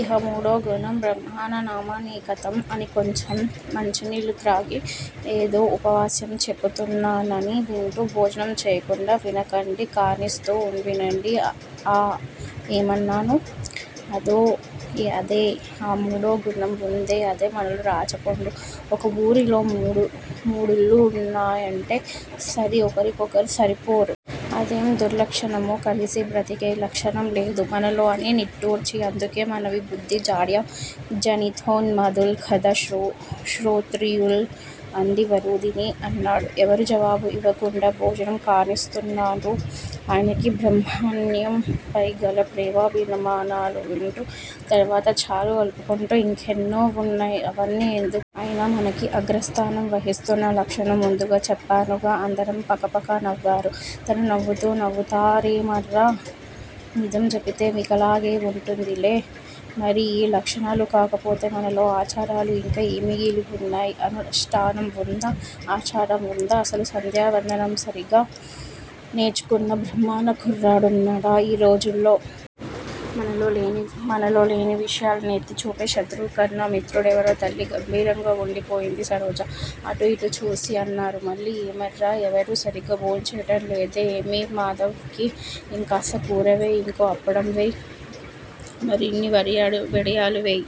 ఇహ మూడో గుణం బ్రహ్మణానామనేకతమ్ అని కొంచెం మంచి నీళ్ళు త్రాగి, ఏదో ఉపన్యాసం చెపుతున్నానని వింటూ భోజనం చెయ్యకుండా వినకండి. కానిస్తూ వినండి. ఆ ఎమన్నాను? అదో అదే ఆ మూడో గుణం వుందే అదే మనలో రాచపుండు. ఒక వూరిలో మూడిళ్ళున్నాయంటే సరి ఒకరికొకరు సరిపోరు. అదేం దుర్లక్షణమో కలిసి బ్రతికే లక్షణం లేదు మనలో అని నిట్టూర్చి అందుకే మనవి బుద్ది జాడ్య జనితోన్మాదుల్ కదా శ్రోత్రియుల్ అంది వరూధిని అన్నాడు. ఎవరూ జవాబు యివకుండా భోజనం కానిస్తున్నారు ఆయనకి బ్రహ్మణ్యంపై గల ప్రేమాభిమానాలనివింటూ. తర్వాత చారు కలుపుకుంటూ ఇంకా ఎన్నో వున్నాయ్ అవన్నీ ఎందుకులే. అయినా మనకి అగ్రస్థానం వహిస్తోన్న లక్షణం ముందుగా చెప్పానుగా అందరూ పకపక నవ్వారు. తనూ నవ్వుతూ నవ్వుతారేమర్రా? నిజం చెపితే మికలాగే వుంటుందిలే- మరి యీ లక్షణాలు కాకపోతే మనలో ఆచారాలు యింకా ఏం మిగిలివున్నాయ్? అనుష్టానం వుందా? ఆచారం వుందా? అసలు సంధ్యావందనం సరిగా నేర్చుకున్న బ్రాహ్మణకుర్రాడున్నాడా యీ రోజుల్లో? మనలో లేని విషయాల్ని ఎత్తి చూపే శత్రువుకన్నా మిత్రుడేవరు తల్లీ గంభీరంగా వుండిపోయింది సరోజ. అటూ యిటూ చూసి అన్నారు మళ్ళీ ఏమర్రా ఎవరూ సరిగా భోంచేయటం లేదే- ఏమేవ్ మాధవ్ కి యింకాస్త కూరవేయ్. ఇంకో అప్పడం కూడా వెయ్. మరిన్ని వడియాలు వెయ్.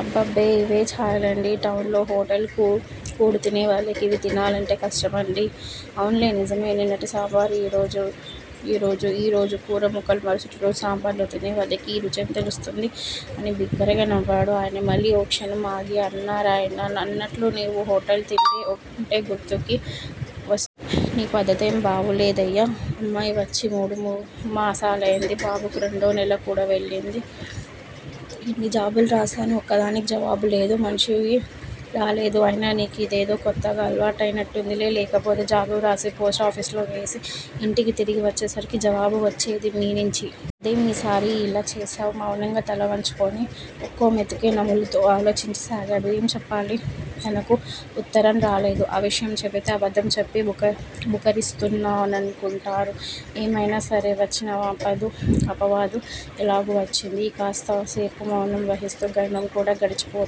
అబ్బబ్బే! ఇవే చాలండి. టౌన్ లో హోటల్ కూడుతినేవాళ్ళకి ఇవి తినాలంటే కష్టమండి అవున్లే నిజమే! నిన్నటి సాంబారు, యీరోజు, ఈరోజు కూరముక్కలు మరుసటి రోజు సాంబార్లో తినేవాళ్ళకి యీ రుచేం తెలుస్తుంది! అని బిగ్గరగా నవ్వాడు ఆయనే. మళ్ళీ ఓ క్షణం ఆగి అన్నారాయన అన్నట్లు నీవు హోటల్ తిండి అంటే గుర్తుకి వస్తోంది. నీ పద్దతేం బావులేదయ్యా అమ్మాయ్ వచ్చి మూడు మాసాలైంది, బాబుకి రెండో నెల కూడా వెళ్ళింది. ఎన్ని జాబులు రాశాను- ఒక్కదానికి జవాబు లేదు. మనిషివి రాలేదు అయినా నీ కిదేదో కొత్తగా అలవాటైనట్టుందిలే! లేకపోతే జాబు వ్రాసి పోస్ట్ ఆఫీసులో వేసి యింటికి తిరిగి వచ్చేసరికి జవాబు వచ్చేదే మీనించి! అదేం యీ సారి యిలా చేశావు? మౌనంగా తలవంచుకొని ఒక్కో మెతుకే నములుతూ ఆలోచించసాగాడు. ఏం చెప్పాలి? తనకు వుత్తరం రాలేదు. ఆ విషయం చెపితే అబద్దం చెప్పి బుకరిస్తున్నాననుకుంటారు. ఏమైనా సరే వచ్చిన అపవాదు ఎలాగూ వచ్చింది. ఈ కాస్త సేపు మౌనం వహిస్తూ గండం కూడా గడిచిపో